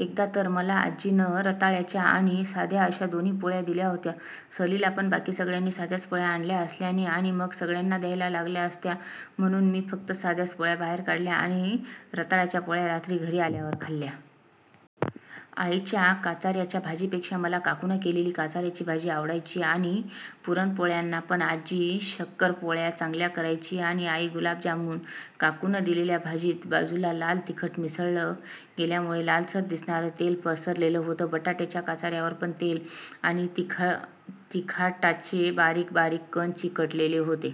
एकदा तर मला आज्जीनं रताळ्याच्या आणि साध्या अश्या दोन्ही पोळ्या दिल्या होत्या सहलीला. पण बाकी सगळ्यांनी साध्याच पोळ्या आणल्या असल्याने आणि मग सगळ्यांना द्यायला लागल्या असत्या म्हणुन मी फक्त साध्याच पोळ्या बाहेर काढल्या आणि रताळ्याच्या पोळ्या रात्री घरी आल्यावर खाल्ल्या. आईच्या काचर्यांच्या भाजीपेक्षा मला काकूनं केलेली काचर्यांची भाजी आवडायची आणि पुरणपोळ्यापण. आज्जी शंकरपाळ्या चांगल्या करायची आणि आई गुलाबजाम. काकूनं दिलेल्या भाजीत बाजूला लाल तिखट मिसळलं गेल्यामुळ लालसर दिसणार तेल पसरलेलं होतं. बटाट्याच्या काचर्यांवर पण तेल आणि तिखटाचे बारीक बारीक कण चिकटलेले होते.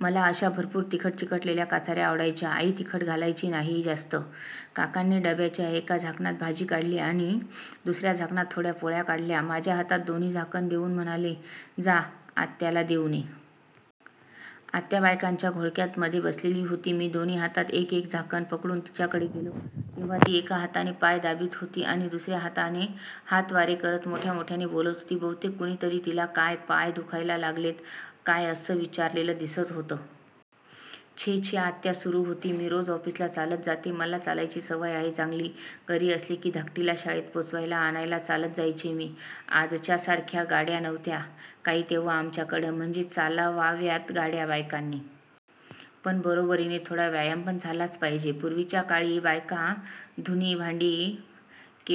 मला अश्या खरपूर तिखट चिकटलेल्या काचर्या आवडायच्या. आई तिखट घालायची नाही जास्त. काकांनी डब्याच्या एका झाकणात भाजी काढली आणि दुसर्या झाकणात थोड्या पोळ्या काढल्या. माझ्या हातात दोन्ही झाकणं देउन म्हणाले, जा. आत्याला देउन ये. आत्या बायकांच्या घोळक्यात मध्ये बसलेली होती. मी दोन्ही हातात एक एक झाकण पकडून तिच्याकडे गेलो तेव्हा ती एका हातानं पाय दाबत होती आणि दुसर्या हातानं हातवारे करत मोठमोठ्यानं बोलत होती. बहुतेक कुणीतरी तिला काय, पाय दुखायला लागलेत काय असं विचारलेलं दिसत होतं. छे छे छे! आत्या सुरु होती. मी रोज ऑफिसला चालतच जाते. मला चालायची सवय आहे चांगली. घरी असले की धाकटीला शाळेत पोचवायला, आणायला चालतच जायचे मी. आजच्यासारख्या गाड्या नव्हत्या काही तेव्हा आमच्याकडं. म्हणजे चालवाव्यात गाड्या बायकांनी. पण बरोबरीनं थोडा व्यायाम पण पाहिजेच. पुर्वीच्या काळी बायका धुणी-भांडी-केरफडकं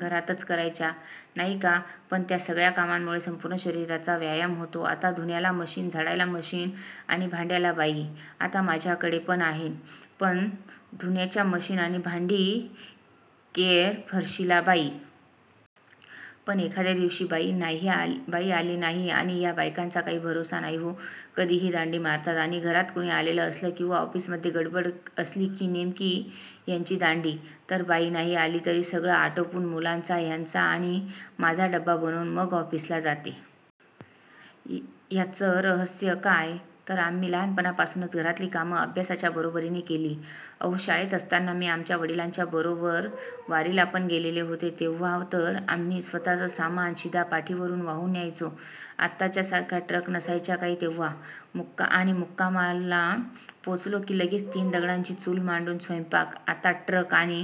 घरातच करायच्या, नाही का. पण त्या सगळ्या कामामुंळे संपूर्ण शरीराला व्यायाम होतो. आता धुण्याला मशिन, झाडायला मशिन आणि भांड्याला बाई. आता माझ्याकडे पण आहे धुण्याचं मशिन आणि भांडी-केरफरशीला बाई. पण एखाद दिवशी बाई आली नाही आणि ह्या बायकांचा काही भरोसा नाही हो. कधिही दांडी मारतात आणि घरात कुणी आलेलं असलं किंवा ऑफिसमध्ये गडबड असली की नेमकी ह्यांची दांडी. तर बाई नाही आली तरी सगळं आटोपून, मुलांचा, ह्यांचा आणि माझा डबा बनवून मग मी ऑफिसला जाते. ह्याचं रहस्य काय, तर आम्ही लहानपणापासूनच घरातली कामं अभ्यासाच्या बरोबरीनं केली. अहो शाळेत असताना मी आमच्या वडिलांच्या बरोबर वारीला पण गेलेले आहे. तेव्हातर आम्ही स्वतःचं सामान, शिधा पाठीवरुन वाहून न्यायचो. आताच्या सारखा ट्रक नसायचा काही तेव्हा आणि मुक्कामाला पोचलं की लगेच तीन दगडांची चूल मांडून स्वैपाक. आता ट्रक आणि